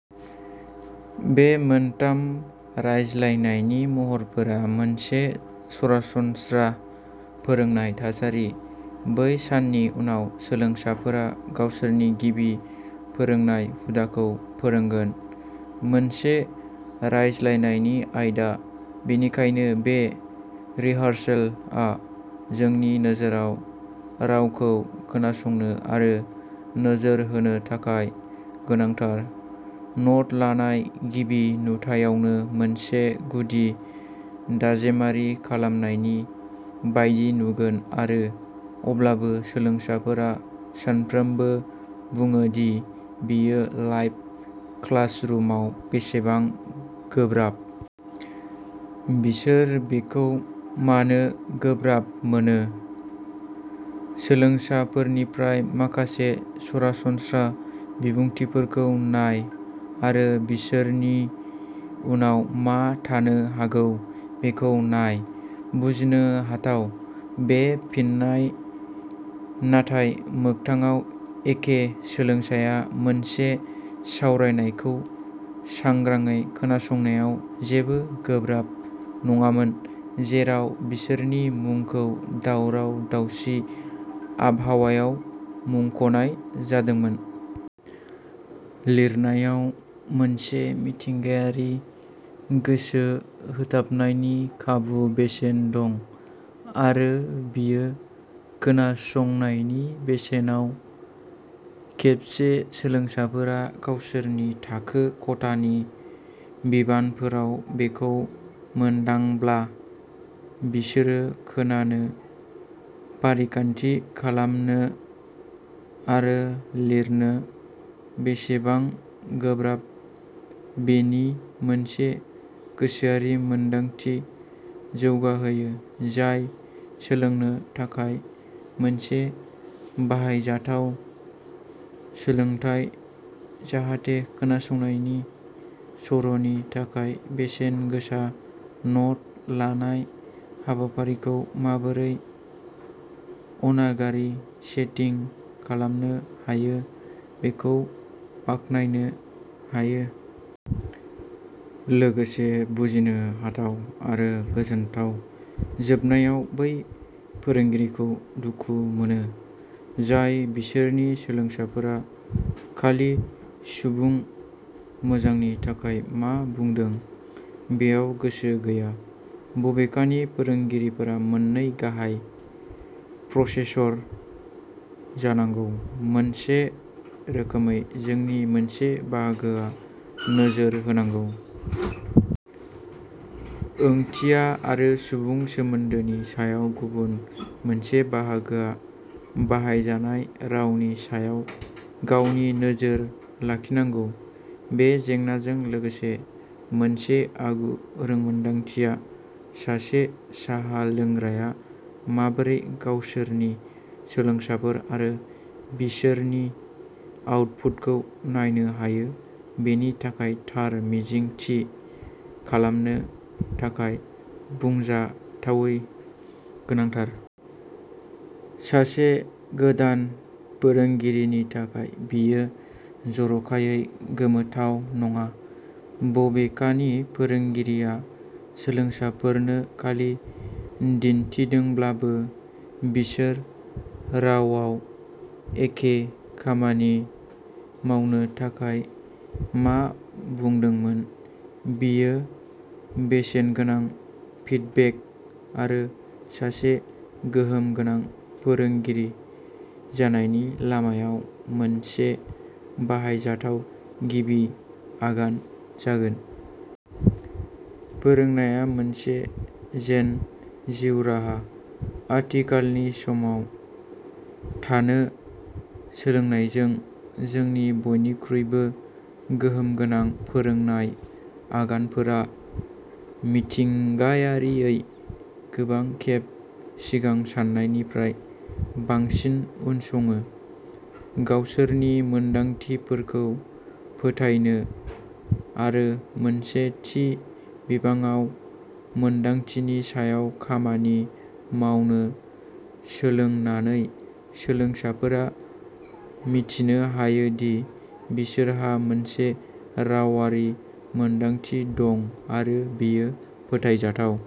बे मोनथाम रायज्लायनायनि महरफोरा मोनसे सरासनस्रा फोरोंनाय थासारि। बै साननि उनाव, सोलोंसाफोरा गावसोरनि गिबि फोरोंनाय हुदाखौ फोरोंगोन मोनसे रायज्लायनायनि आयदा बेनिखायनो बे रिहारसेलआ जोंनि नोजोराव रावखौ खोनासंनो आरो नोजोर होनो थाखाय गोनांथार। न'ट लानाय, गिबि नुथायावनो, मोनसे गुदि, दाजेमारि खामानि बायदि नुगोन आरो अब्लाबो, सोलोंसाफोरा सानफ्रोमबो बुङो दि बेयो लाइभ क्लासरुमाव बेसेबां गोब्राब। बिसोर बेखौ मानो गोब्राब मोनो? सोलोंसाफोरनिफ्राय माखासे सरासनस्रा बिबुंथिफोरखौ नाय आरो बिसोरनि उनाव मा थानो हागौ बेखौ नाय। बुजिनो हाथाव, बे फिननाय, नाथाय मोगथाङाव एखे सोलोंसाया मोनसे सावरायनायखौ सांग्राङै खोनासंनायाव जेबो गोब्राब नङामोन जेराव बिसोरनि मुंखौ दावराव दावसि आबहावायाव मुंख'नाय जादोंमोन। लिरनायाव मोनसे मिथिंगायारि गोसो होथाबनायनि खाबु बेसेन दं, आरो बेयो खोनासंनायनि बेसेनाव। खेबसे सोलोंसाफोरा गावसोरनि थाखो खथानि बिबानफोराव बेखौ मोनदांब्ला, बिसोरो खोनानो, फारिखान्थि खालामनो आरो लिरनो बेसेबां गोब्राब बेनि मोनसे गोसोआरि मोनदांथि जौगाहोयो जाय सोलोंनो थाखाय मोनसे बाहायजाथाव सोलोंथाय, जाहाथे खोनासंनायनि सर'नि थाखाय बेसेन गोसा न'ट लानाय हाबाफोरखौ माबोरै अनागारि सेटिं खालामनो हायो बेखौ बाखनायनो हायो। लोगोसे बुजिनो हाथाव, आरो गोजोनथाव जोबनायाव, बै फोरोंगिरिखौ दुखु मोनो जाय बिसोरनि सोलोंसाफोरा खालि सुबुं मोजांनि थाखाय मा बुंदों बेयाव गोसो गैया। बबेखानि, फोरोंगिरिफोरा मोन्नै गाहाय प्रसेसर जानांगौ, मोनसे रोखोमै जोंनि मोनसे बाहागोआ नोजोर होनांगौ। ओंथिया आरो सुबुं सोमोनदोनि सायाव गुबुन मोनसे बाहागोआ बाहायजानाय रावनि सायाव गावनि नोजोर लाखिनांगौ। बे जेंनाजों लोगोसे मोनसे आगु रोंमोनदांथिया सासे साहा लोंग्राया माबोरै गावसोरनि सोलोंसाफोर आरो बिसोरनि आउटपुटखौ नायनो हायो बेनि थाखाय थार मिजिं थि खालामनो थाखाय बुंजाथावै गोनांथार। सासे गोदान फोरोंगिरिनि थाखाय, बेयो जर'खायै गोमोथाव नङा। बबेखानि, फोरोंगिरिया सोलोंसाफोरनो खालि दिन्थिदोंब्लाबो बिसोर रावआव एखे खामानि मावनो थाखाय मा बुंदोंमोन, बेयो बेसेनगोनां फिडबेक आरो सासे गोहोमगोनां फोरोंगिरि जानायनि लामायाव मोनसे बाहायजाथाव गिबि आगान जागोन। फोरोंनाया मोनसे जेन जिउ राहा आथिखालनि समाव थानो सोलोंनायजों, जोंनि बयनिख्रुइबो गोहोमगोनां फोरोंनाय आगानफोरा मिथिंगायारियै गोबां खेब सिगां सान्नायनिफ्राय बांसिन उनसङो। गावसोरनि मोनदांथिफोरखौ फोथायनो आरो मोनसे थि बिबाङाव मोनदांथिनि सायाव खामानि मावनो सोलोंनानै, सोलोंसाफोरा मिथिनो हायो दि बिसोरहा मोनसे रावारि मोनदांथि दं आरो बेयो फोथायजाथाव।